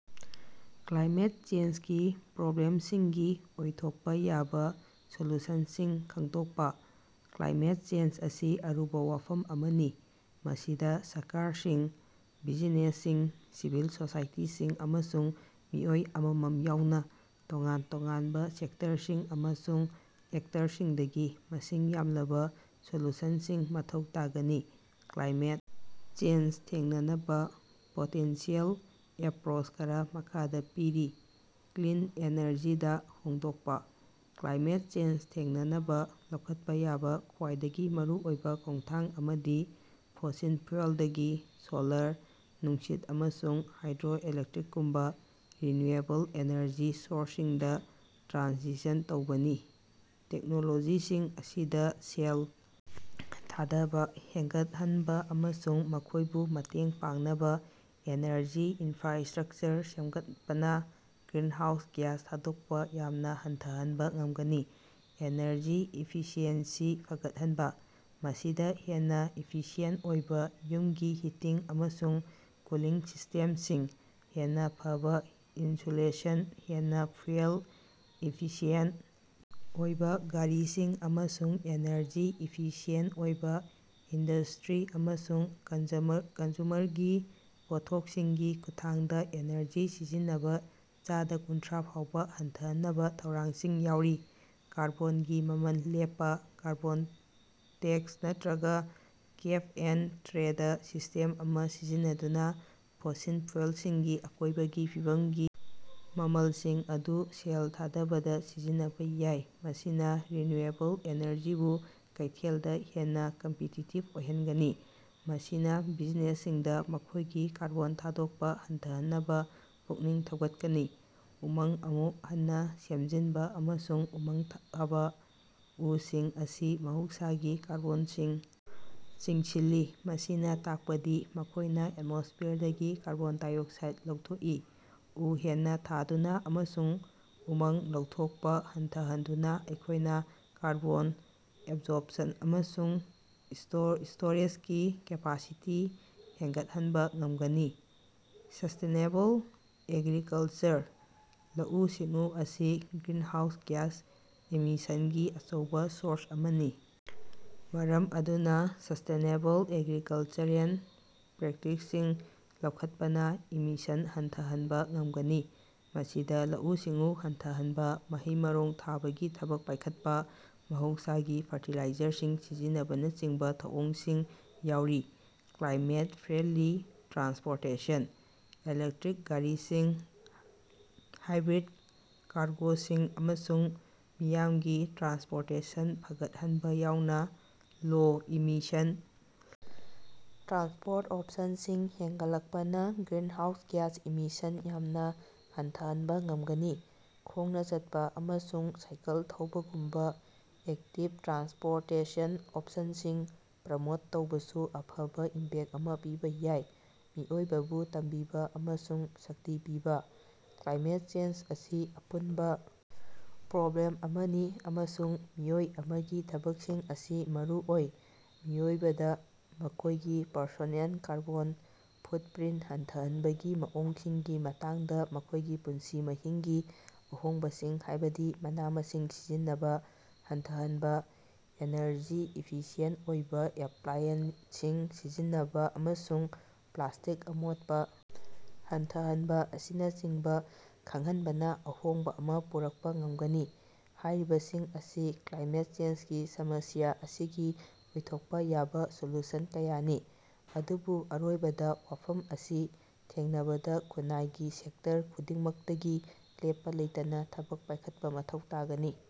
Climate ꯆꯦꯟꯖꯀꯤ ꯄ꯭ꯔꯣꯕ꯭ꯂꯦꯝꯁꯤꯡꯒꯤ ꯑꯣꯏꯊꯣꯛꯄ ꯌꯥꯕ ꯁꯣꯂ꯭ꯌꯨꯁꯟꯁꯤꯡ ꯈꯪꯗꯣꯛꯄ- ꯀ꯭ꯂꯥꯏꯃꯦꯠ ꯆꯦꯟꯖ ꯑꯁꯤ ꯑꯔꯨꯕ ꯋꯥꯐꯝ ꯑꯃꯅꯤ꯫ ꯃꯁꯤꯗ ꯁꯔꯀꯥꯔꯁꯤꯡ, ꯕꯤꯖꯤꯅꯦꯁꯁꯤꯡ, ꯁꯤꯚꯤꯜ ꯁꯣꯁꯥꯏꯇꯤꯁꯤꯡ, ꯑꯃꯁꯨꯡ ꯃꯤꯑꯣꯏ ꯑꯃꯃꯝ ꯌꯥꯎꯅ ꯇꯣꯉꯥꯟ -ꯇꯣꯉꯥꯟꯕ ꯁꯦꯛꯇꯔꯁꯤꯡ ꯑꯃꯁꯨꯡ ꯑꯦꯛꯇꯔꯁꯤꯡꯗꯒꯤ ꯃꯁꯤꯡ ꯌꯥꯝꯂꯕ ꯁꯣꯂ꯭ꯌꯨꯁꯟꯁꯤꯡ ꯃꯊꯧ ꯇꯥꯒꯅꯤ꯫ ꯀ꯭ꯂꯥꯏꯃꯦꯠ ꯆꯦꯟꯖ ꯊꯦꯡꯅꯅꯕ ꯄꯣꯇꯦꯟꯁꯤꯑꯦꯜ ꯑꯦꯄ꯭ꯔꯣꯆ ꯈꯔ ꯃꯈꯥꯗ ꯄꯤꯔꯤ:- ꯀ꯭ꯂꯤꯟ ꯏꯅꯔꯖꯤꯗ ꯍꯣꯡꯗꯣꯛꯄ: ꯀ꯭ꯂꯥꯏꯃꯦꯠ ꯆꯦꯟꯖ ꯊꯦꯡꯅꯅꯕ ꯂꯧꯈꯠꯄ ꯌꯥꯕ ꯈ꯭ꯋꯥꯏꯗꯒꯤ ꯃꯔꯨꯑꯣꯏꯕ ꯈꯣꯡꯊꯥꯡ ꯑꯃꯗꯤ ꯐꯣꯁꯤꯜ ꯐꯨꯑꯦꯜꯗꯒꯤ ꯁꯣꯂꯔ, ꯅꯨꯡꯁꯤꯠ, ꯑꯃꯁꯨꯡ ꯍꯥꯏꯗ꯭ꯔꯣ-ꯏꯂꯦꯛꯇ꯭ꯔꯤꯛꯒꯨꯝꯕ ꯔꯤꯅ꯭ꯌꯨꯑꯦꯕꯜ ꯏꯅꯔꯖꯤ ꯁꯣꯔꯁꯁꯤꯡꯗ ꯇ꯭ꯔꯥꯟꯁꯤꯁꯟ ꯇꯧꯕꯅꯤ꯫ ꯇꯦꯛꯅꯣꯂꯣꯖꯤꯁꯤꯡ ꯑꯁꯤꯗ ꯁꯦꯜ ꯊꯥꯗꯕ ꯍꯦꯟꯒꯠꯍꯟꯕ ꯑꯃꯁꯨꯡ ꯃꯈꯣꯏꯕꯨ ꯃꯇꯦꯡ ꯄꯥꯡꯅꯕ ꯏꯅꯔꯖꯤ ꯏꯟꯐ꯭ꯔꯥꯁꯇ꯭ꯔꯛꯆꯔ ꯁꯦꯝꯒꯠꯄꯅ ꯒ꯭ꯔꯤꯟꯍꯥꯎꯁ ꯒ꯭ꯌꯥꯁ ꯊꯥꯗꯣꯛꯄ ꯌꯥꯝꯅ ꯍꯟꯊꯍꯟꯕ ꯉꯝꯒꯅꯤ꯫ ꯏꯅꯔꯖꯤ ꯏꯐꯤꯁꯤꯑꯦꯟꯁꯤ ꯐꯒꯠꯍꯟꯕ: ꯃꯁꯤꯗ ꯍꯦꯟꯅ ꯏꯐꯤꯁꯤꯌꯦꯟꯇ ꯑꯣꯏꯕ ꯌꯨꯝꯒꯤ ꯍꯤꯇꯤꯡ ꯑꯃꯁꯨꯡ ꯀꯨꯂꯤꯡ ꯁꯤꯁꯇꯦꯝꯁꯤꯡ, ꯍꯦꯟꯅ ꯐꯕ ꯏꯟꯁꯨꯂꯦꯁꯟ, ꯍꯦꯟꯅ ꯐꯨꯑꯦꯜ ꯏꯐꯤꯁꯤꯑꯦꯟꯇ ꯑꯣꯏꯕ ꯒꯥꯔꯤꯁꯤꯡ, ꯑꯃꯁꯨꯡ ꯏꯅꯔꯖꯤ ꯏꯐꯤꯁꯤꯌꯦꯟꯇ ꯑꯣꯏꯕ ꯏꯟꯗꯁꯇ꯭ꯔꯤ ꯑꯃꯁꯨꯡ ꯀꯟꯖꯃꯔ ꯀꯟꯖꯨꯃꯔꯒꯤ ꯄꯣꯠꯊꯣꯛꯁꯤꯡꯒꯤ ꯈꯨꯠꯊꯥꯡꯗ ꯏꯅꯔꯖꯤ ꯁꯤꯖꯤꯟꯅꯕ ꯆꯥꯗ ꯀꯨꯟꯊ꯭ꯔꯥ ꯐꯥꯎꯕ ꯍꯟꯊꯍꯟꯅꯕ ꯊꯧꯔꯥꯡꯁꯤꯡ ꯌꯥꯎꯔꯤ꯫ ꯀꯥꯔꯕꯣꯟꯒꯤ ꯃꯃꯜ ꯂꯦꯞꯄ: ꯀꯥꯔꯕꯣꯟ ꯇꯦꯛꯁ ꯅꯠꯇ꯭ꯔꯒ ꯀꯦꯞ-ꯑꯦꯟꯗ-ꯇ꯭ꯔꯦꯗ ꯁꯤꯁ꯭ꯇꯦꯝ ꯑꯃ ꯁꯤꯖꯤꯟꯅꯗꯨꯅ ꯐꯣꯁꯤꯜ ꯐꯨꯑꯦꯜꯁꯤꯡꯒꯤ ꯑꯀꯣꯏꯕꯒꯤ ꯐꯤꯕꯝꯒꯤ ꯃꯃꯜꯁꯤꯡ ꯑꯗꯨ ꯁꯦꯜ ꯊꯥꯗꯕꯗ ꯁꯤꯖꯤꯟꯅꯕ ꯌꯥꯏ꯫ ꯃꯁꯤꯅ ꯔꯤꯅꯤꯌꯨꯑꯦꯕꯜ ꯏꯅꯔꯖꯤꯕꯨ ꯀꯩꯊꯦꯜꯗ ꯍꯦꯟꯅ ꯀꯝꯄꯤꯇꯤꯇꯤꯚ ꯑꯣꯏꯍꯟꯒꯅꯤ꯫ ꯃꯁꯤꯅ ꯕꯤꯖꯤꯅꯦꯁꯁꯤꯡꯗ ꯃꯈꯣꯏꯒꯤ ꯀꯥꯔꯕꯣꯟ ꯊꯥꯗꯣꯛꯄ ꯍꯟꯊꯍꯟꯅꯕ ꯄꯨꯛꯅꯤꯡ ꯊꯧꯒꯠꯀꯅꯤ꯫ ꯎꯃꯪ ꯑꯃꯨꯛ ꯍꯟꯅ ꯁꯦꯝꯖꯤꯟꯕ ꯑꯃꯁꯨꯡ ꯎꯃꯪ ꯊꯥꯕ: ꯎꯁꯤꯡ ꯑꯁꯤ ꯃꯍꯧꯁꯥꯒꯤ ꯀꯥꯔꯕꯣꯟ ꯁꯤꯡ ꯆꯤꯡꯁꯤꯜꯂꯤ꯫ ꯃꯁꯤꯅ ꯇꯥꯛꯄꯗꯤ ꯃꯈꯣꯏꯅ ꯑꯦꯠꯃꯣꯁꯐꯤꯌꯔꯗꯒꯤ ꯀꯥꯔꯕꯣꯟ -ꯗꯥꯏꯑꯣꯛꯁꯥꯏꯗ ꯂꯧꯊꯣꯛꯏ꯫ ꯎ ꯍꯦꯟꯅ ꯊꯥꯗꯨꯅ ꯑꯃꯁꯨꯡ ꯎꯃꯪ ꯂꯧꯊꯣꯛꯄ ꯍꯟꯊꯍꯟꯗꯨꯅ ꯑꯩꯈꯣꯏꯅ ꯀꯥꯔꯕꯣꯟ ꯑꯦꯕꯖꯣꯔꯞꯁꯟ ꯑꯃꯁꯨꯡ ꯁ꯭ꯇꯣ ꯁ꯭ꯇꯣꯔꯦꯖꯒꯤ ꯀꯦꯄꯥꯁꯤꯇꯤ ꯍꯦꯉꯠꯍꯟꯕ ꯉꯝꯒꯅꯤ꯫ ꯁꯁꯇꯦꯅꯦꯕꯜ ꯑꯦꯒ꯭ꯔꯤꯀꯜꯆꯔ: ꯂꯧꯎ-ꯁꯤꯡꯎ ꯑꯁꯤ ꯒ꯭ꯔꯤꯟꯍꯥꯎꯁ ꯒ꯭ꯌꯥꯁ ꯏꯃꯤꯁꯟꯒꯤ ꯑꯆꯧꯕ ꯁꯣꯔꯁ ꯑꯃꯅꯤ꯫ ꯃꯔꯝ ꯑꯗꯨꯅ ꯁꯁꯇꯦꯅꯦꯕꯜ ꯑꯦꯒ꯭ꯔꯤꯀꯜꯆꯔꯦꯜ ꯄ꯭ꯔꯦꯛꯇꯤꯁꯁꯤꯡ ꯂꯧꯈꯠꯄꯅ ꯏꯃꯤꯁꯟ ꯍꯟꯊꯍꯟꯕ ꯉꯝꯒꯅꯤ꯫ ꯃꯁꯤꯗ ꯂꯧꯎ-ꯁꯤꯡꯎ ꯍꯟꯊꯍꯟꯕ, ꯃꯍꯩ-ꯃꯔꯣꯡ ꯊꯥꯕꯒꯤ ꯊꯕꯛ ꯄꯥꯏꯈꯠꯄ, ꯃꯍꯧꯁꯥꯒꯤ ꯐꯔꯇꯤꯂꯥꯏꯖꯔꯁꯤꯡ ꯁꯤꯖꯤꯟꯅꯕꯅꯆꯤꯡꯕ ꯊꯧꯑꯣꯡꯁꯤꯡ ꯌꯥꯎꯔꯤ꯫ ꯀ꯭ꯂꯥꯏꯃꯦꯠ-ꯐ꯭ꯔꯦꯟꯗ꯭ꯂꯤ ꯇ꯭ꯔꯥꯟꯁꯄꯣꯔꯇꯦꯁꯟ: ꯏꯂꯦꯛꯇ꯭ꯔꯤꯛ ꯒꯥꯔꯤꯁꯤꯡ, ꯍꯥꯏꯕ꯭ꯔꯤꯗ ꯀꯥꯔꯒꯣꯁꯤꯡ, ꯑꯃꯁꯨꯡ ꯃꯤꯌꯥꯝꯒꯤ ꯇ꯭ꯔꯥꯟꯁꯄꯣꯔꯇꯦꯁꯟ ꯐꯒꯠꯍꯟꯕ ꯌꯥꯎꯅ ꯂꯣ-ꯏꯃꯤꯁꯟ ꯇ꯭ꯔꯥꯟꯁꯄꯣꯔꯠ ꯑꯣꯞꯁꯟꯁꯤꯡ ꯍꯦꯟꯒꯠꯂꯛꯄꯅ ꯒ꯭ꯔꯤꯟꯍꯥꯎꯁ ꯒ꯭ꯌꯥꯁ ꯏꯃꯤꯁꯟ ꯌꯥꯝꯅ ꯍꯟꯊꯍꯟꯕ ꯉꯝꯒꯅꯤ꯫ ꯈꯣꯡꯅ ꯆꯠꯄ ꯑꯃꯁꯨꯡ ꯁꯥꯏꯀꯜ ꯊꯧꯕꯒꯨꯝꯕ ꯑꯦꯛꯇꯤꯚ ꯇ꯭ꯔꯥꯟꯁꯄꯣꯔꯇꯦꯁꯟ ꯑꯣꯞꯁꯟꯁꯤꯡ ꯄ꯭ꯔꯃꯣꯠ ꯇꯧꯕꯁꯨ ꯑꯐꯕ ꯏꯝꯄꯦꯛꯇ ꯑꯃ ꯄꯤꯕ ꯌꯥꯏ꯫ ꯃꯤꯑꯣꯏꯕꯕꯨ ꯇꯝꯕꯤꯕ ꯑꯃꯁꯨꯡ ꯁꯛꯇꯤ ꯄꯤꯕ: ꯀ꯭ꯂꯥꯏꯃꯦꯠ ꯆꯦꯟꯖ ꯑꯁꯤ ꯑꯄꯨꯟꯕ ꯄ꯭ꯔꯣꯕ꯭ꯂꯦꯝ ꯑꯃꯅꯤ ꯑꯃꯁꯨꯡ ꯃꯤꯑꯣꯏ ꯑꯃꯒꯤ ꯊꯕꯛꯁꯤꯡ ꯑꯁꯤ ꯃꯔꯨ ꯑꯣꯏ꯫ ꯃꯤꯑꯣꯏꯕꯗ ꯃꯈꯣꯏꯒꯤ ꯄꯔꯁꯣꯅꯦꯜ ꯀꯥꯔꯕꯣꯟ ꯐꯨꯠꯄ꯭ꯔꯤꯟꯇ ꯍꯟꯊꯍꯟꯕꯒꯤ ꯃꯑꯣꯡꯁꯤꯡꯒꯤ ꯃꯇꯥꯡꯗ ꯃꯈꯣꯏꯒꯤ ꯄꯨꯟꯁꯤ ꯃꯍꯤꯡꯒꯤ ꯑꯍꯣꯡꯕꯁꯤꯡ ꯍꯥꯏꯕꯗꯤ ꯃꯅꯥ-ꯃꯁꯤꯡ ꯁꯤꯖꯤꯟꯅꯕ ꯍꯟꯊꯍꯟꯕ, ꯏꯅꯔꯖꯤ ꯏꯐꯤꯁꯤꯌꯦꯟꯇ ꯑꯣꯏꯕ ꯑꯦꯄ꯭ꯂꯥꯏꯑꯦꯟꯁꯁꯤꯡ ꯁꯤꯖꯤꯟꯅꯕ, ꯑꯃꯁꯨꯡ ꯄ꯭ꯂꯥꯁꯇꯤꯛ ꯑꯃꯣꯠꯄ ꯍꯟꯊꯍꯟꯕ ꯑꯁꯤꯅꯆꯤꯡꯕ ꯈꯪꯍꯟꯕꯅ ꯑꯍꯣꯡꯕ ꯑꯃ ꯄꯨꯔꯛꯄ ꯉꯝꯒꯅꯤ꯫ ꯍꯥꯏꯔꯤꯕꯁꯤꯡ ꯑꯁꯤ ꯀ꯭ꯂꯥꯏꯃꯦꯠ ꯆꯦꯟꯖꯀꯤ ꯁꯃꯁ꯭ꯌꯥ ꯑꯁꯤꯒꯤ ꯑꯣꯏꯊꯣꯛꯄ ꯌꯥꯕ ꯁꯣꯂ꯭ꯌꯨꯁꯟ ꯀꯌꯥꯅꯤ꯫ ꯑꯗꯨꯕꯨ ꯑꯔꯣꯏꯕꯗ, ꯋꯥꯐꯝ ꯑꯁꯤ ꯊꯦꯡꯅꯕꯗ ꯈꯨꯟꯅꯥꯏꯒꯤ ꯁꯦꯛꯇꯔ ꯈꯨꯗꯤꯡꯃꯛꯇꯒꯤ ꯂꯦꯞꯄ ꯂꯩꯇꯅ ꯊꯕꯛ ꯄꯥꯏꯈꯠꯄ ꯃꯊꯧ ꯇꯥꯒꯅꯤ꯫